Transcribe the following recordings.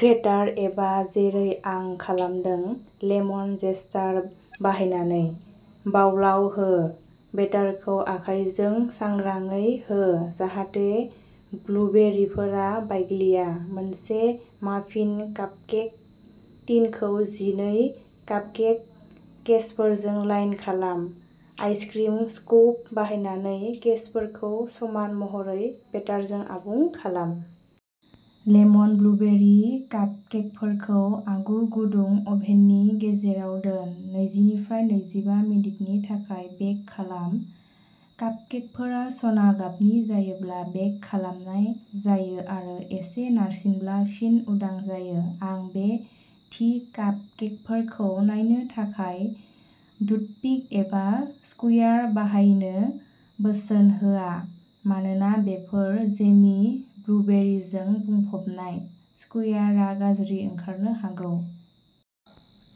ग्रेटार एबा, जेरै आं खालामदों, लेमन जेस्टार बाहायनानै। बावलाव हो। बेटारखौ आखायजों सांग्राङै हो, जाहाथे ब्लुबेरिफोरा बायग्लिया। मोनसे माफिन कापकेक टिनखौ जिनै कापकेक केसफोरजों लाइन खालाम। आइसक्रिम स्कुप बाहायनानै केसफोरखौ समान महरै बेटारजों आबुं खालाम। लेमन ब्लुबेरि कापकेकफोरखौ आगु गुदुं अभेननि गेजेराव दोन। नैजिनिफ्राय नैजिबा मिनिटनि थाखाय बेक खालाम। कापकेकफोरा सना गाबनि जायोब्ला बेक खालामनाय जायो आरो एसे नारसिनब्ला फिन उदां जायो। आं बे थि कापकेकफोरखौ नायनो थाखाय टुथपिक एबा स्क्युयार बाहायनो बोसोन होआ, मानोना बेफोर जेमि ब्लुबेरिजों बुंफबनाय, स्क्युआरआ गाज्रि ओंखारनो हागौ।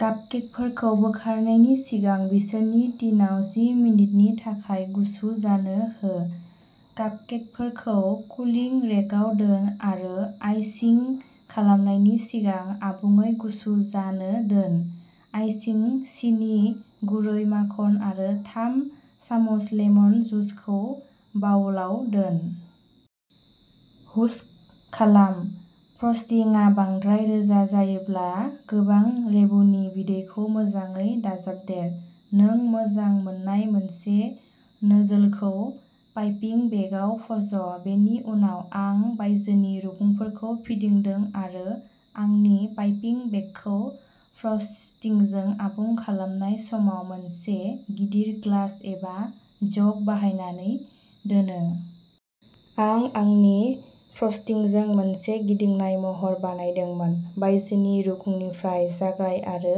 कापकेकफोरखौ बोखारनायनि सिगां बिसोरनि टिनआव जि मिनिटनि थाखाय गुसु जानो हो। कापकेकफोरखौ कुलिं रेकआव दोन आरो आइसिं खालामनायनि सिगां आबुङै गुसु जानो दोन। आइसिं सिनि, गुरै माखन आरो थाम सामुस लेमन जुसखौ बावलाव दोन। हुस्क खालाम। फ्रस्टिंआ बांद्राय रोजा जायोब्ला गोबां लेबुनि बिदैखौ मोजाङै दाजाबदेर। नों मोजां मोननाय मोनसे नोजलखौ पाइपिं बेगआव फज'। बेनि उनाव आं बायजोनि रुगुंफोरखौ फिदिंदों आरो आंनि पाइपिं बेगखौ फ्रस्टिंजों आबुं खालामनाय समाव मोनसे गिदिर ग्लास एबा जग बाहायनानै दोनो। आं आंनि फ्रस्टिंजों मोनसे गिदिंनाय महर बानायदोंमोन। बायजोनि रुगुंनिफ्राय जागाय आरो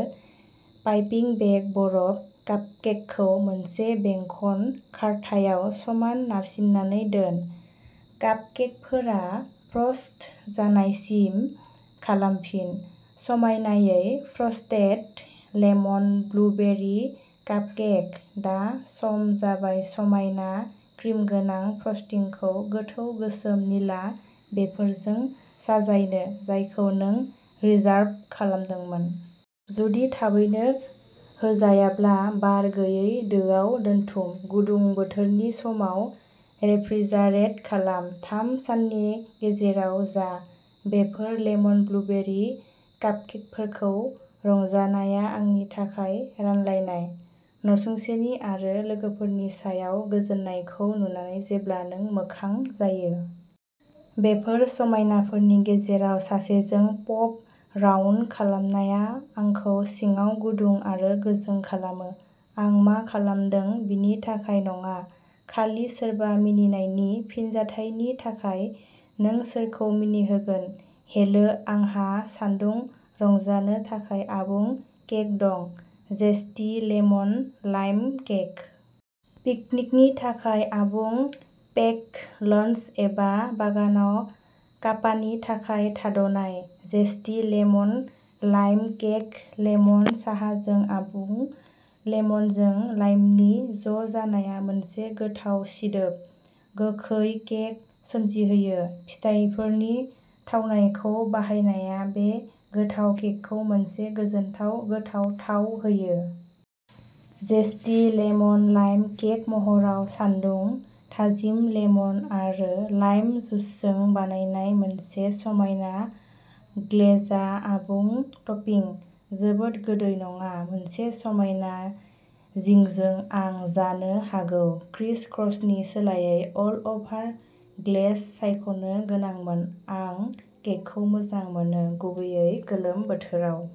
पाइपिं बेग बरफ कापकेकखौ मोनसे बेंखन खारथायाव समान नारसिननानै दोन। कापकेकफोरा फ्रस्ट जानायसिम खालामफिन। समायनायै फ्रस्टेड लेमन ब्लुबेरि कापकेक। दा सम जाबाय समायना, क्रिमगोनां, फ्रस्टिंखौ गोथौ, गोसोम, निला, बेरिफोरजों साजायनो, जायखौ नों रिजार्भ खालामदोंमोन। जुदि थाबैनो होजायाब्ला बार गैयै दोआव दोनथुम। गुदुं बोथोरनि समाव रेफ्रिजारेट खालाम। थाम साननि गेजेराव जा। बेफोर लेमन ब्लुबेरि कापकेकफोरखौ रंजानाया आंनि थाखाय, रानलायनाय। नसुंसेनि आरो लोगोफोरनि सायाव गोजोननायखौ नुनानै जेब्ला नों मोखां जायो। बेफोर समायनाफोरनि गेजेराव सासेजों पप राउन्ड खालामनाया आंखौ सिङाव गुदुं आरो गोजों खालामो। आं मा खालामदों बिनि थाखाय नङा, खालि सोरबा मिनिनायनि फिनजाथायनि थाखाय। नों सोरखौ मिनिहोगोन? हेलो, आंहा सानदुं रंजानो थाखाय आबुं केक दं, जेस्टी लेमन लाइम केक। पिकनिकनि थाखाय आबुं, पेक्ड लञ्च एबा बागानाव कापानि थाखाय थाद'नाय! Zesty lemon lime cake lemon साहाजों आबुं! लेमनजों लाइमनि ज' जानाया मोनसे गोथाव सिदोब, गोखै केक सोमजिहोयो। फिथाइफोरनि थावनायखौ बाहायनाया बे गोथाव केकखौ मोनसे गोजोनथाव गोथाव थाव होयो। जेस्टी लेमन लाइम केक महराव सानदुं! थाजिम लेमन आरो लाइम जुसजों बानायनाय मोनसे समायना ग्लेजआ आबुं टपिं। जोबोद गोदै नङा, मोनसे समायना जिंजों आं जानो हागौ क्रिस क्रसनि सोलायै अल अ'भार ग्लेज सायख'नो गोनांमोन! आं केकखौ मोजां मोनो, गुबैयै गोलोम बोथोराव।